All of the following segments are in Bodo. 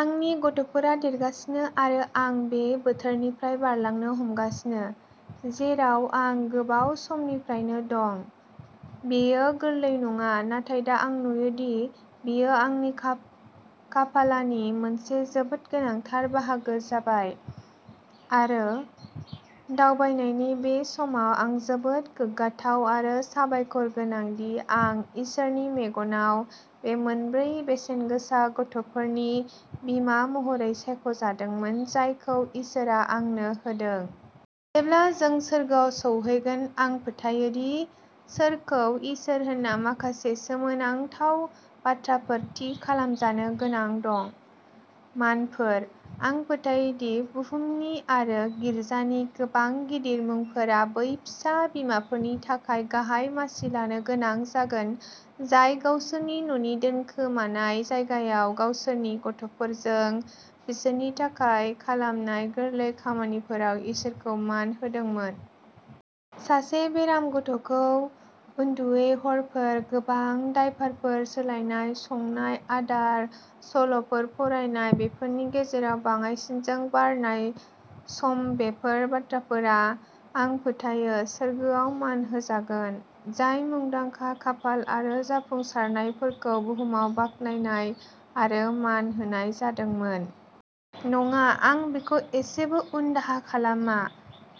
आंनि गथ'फोरा देरगासिनो आरो आं बे बोथोरनिफ्राय बारलांनो हमगासिनो, जेराव आं गोबाव समनिफ्रायनो दं। बेयो गोरलै नङा। नाथाय दा आं नुयो दि बेयो आंनि खाफालानि मोनसे जोबोद गोनांथार बाहागो जाबाय। आरो दावबायनायनि बे समाव, आं जोबोद गोग्गाथाव आरो साबायखरगोनां दि आं इसोरनि मेगनआव बे मोनब्रै बेसेनगोसा गथ'फोरनि बिमा महरै सायख'जादोंमोन, जायखौ इसोरआ आंनो होदों। जेब्ला जों सोरगोआव सौहैगोन, आं फोथायो दि सोरखौ इसोर होनना माखासे सोमोनांथाव बाथ्राफोर थि खालामजानो गोनां दं। मानफोर। आं फोथायो दि बुहुमनि आरो गिर्जानि गोबां गिदिर मुंफोरा बै फिसा बिमाफोरनि थाखाय गाहाय मासि लानो गोनां जागोन, जाय गावसोरनि न'नि दोनखोमानाय जायगायाव, गावसोरनि गथ'फोरजों, बिसोरनि थाखाय खालामनाय गोरलै खामानिफोराव इसोरखौ मान होदोंमोन। सासे बेराम गथ'खौ उन्दुयै हरफोर, गोबां डायपारफोर सोलायनाय, संनाय आदार, सल'फोर फरायनाय, बेफोरनि गेजेराव बाङाइसिनजों बारनाय समबेफोर बाथ्राफोरा, आं फोथायो, सोरगोआव मान होजागोन, जाय मुंदांखा, खाफाल आरो जाफुंसारनायफोरखौ बुहुमाव बाख्नायनाय आरो मान होनाय जादोंमोन। नङा। आं बेखौ एसेबो उनदाहा खालामा।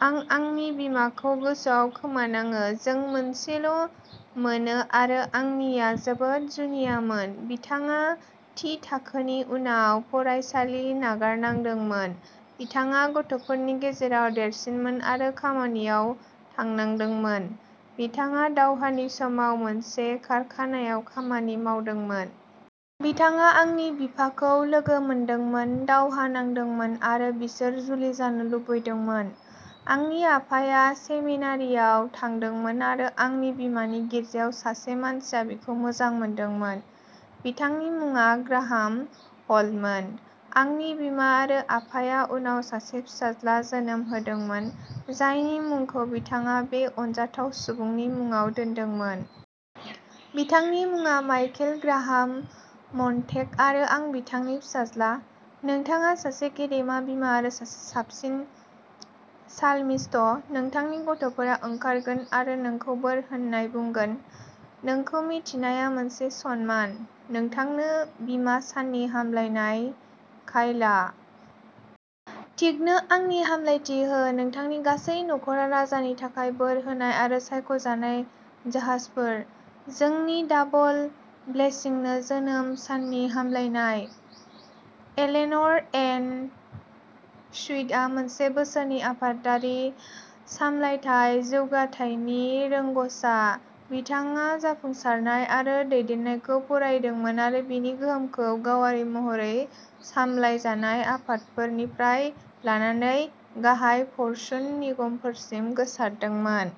आं आंनि बिमाखौ गोसोआव खोमानाङो! जों मोनसेल'मोनो, आरो आंनिआ जोबोद जुनियामोन। बिथाङा थि थाखोनि उनाव फरायसालि नागारनांदोंमोन, बिथाङा गथ'फोरनि गेजेराव देरसिनमोन आरो खामानियाव थांनांदोंमोन। बिथाङा दावहानि समाव मोनसे कारखानायाव खामानि मावदोंमोन। बिथाङा आंनि बिफाखौ लोगो मोनदोंमोन। दावहा नांदोंमोन आरो बिसोर जुलि जानो लुबैदोंमोन। आंनि आफाया सेमिनारिआव थांदोंमोन, आरो आंनि बिमानि गिर्जायाव सासे मानसिया बिखौ मोजां मोनदोंमोन। बिथांनि मुङा ग्राहाम हल्टमोन। आंनि बिमा आरो आफाया उनाव सासे फिसाज्ला जोनोम होदोंमोन, जायनि मुंखौ बिथाङा बे अनजाथाव सुबुंनि मुङाव दोनदोंमोन। बिथांनि मुङा माइकेल ग्राहाम मन्टेग आरो आं बिथांनि फिसाज्ला। नोंथाङा सासे गेदेमा बिमा आरो सासे साबसिन साल्मिस्ट। नोंथांनि गथ'फोरा ओंखारगोन आरो नोंखौ बोर होन्नाय बुंगोन! नोंखौ मिथिनाया मोनसे सनमान! नोंथांनो बिमा साननि हामलायनाय काइला! किथनो आंनि हामलायथि हो! नोंथांनि गासै नख'रा राजानि थाखाय बोर होनाय आरो सायख'जानाय जाहाजफोर! जोंनि डाबल ब्लेसिंनो जोनोम साननि हामलायनाय! एलेन'र एन स्वीटआ मोनसे बोसोरनि आफादारि सामलायथाय जौगाथायनि रोंग'सा। बिथाङा जाफुंसारनाय आरो दैदेननायखौ फरायदोंमोन आरो बेनि गोहोमखौ गावारि महरै सामलायजानाय आफादफोरनिफ्राय लानानै गाहाय फर्चुन निगमफोरसिम गोसारदोंमोन।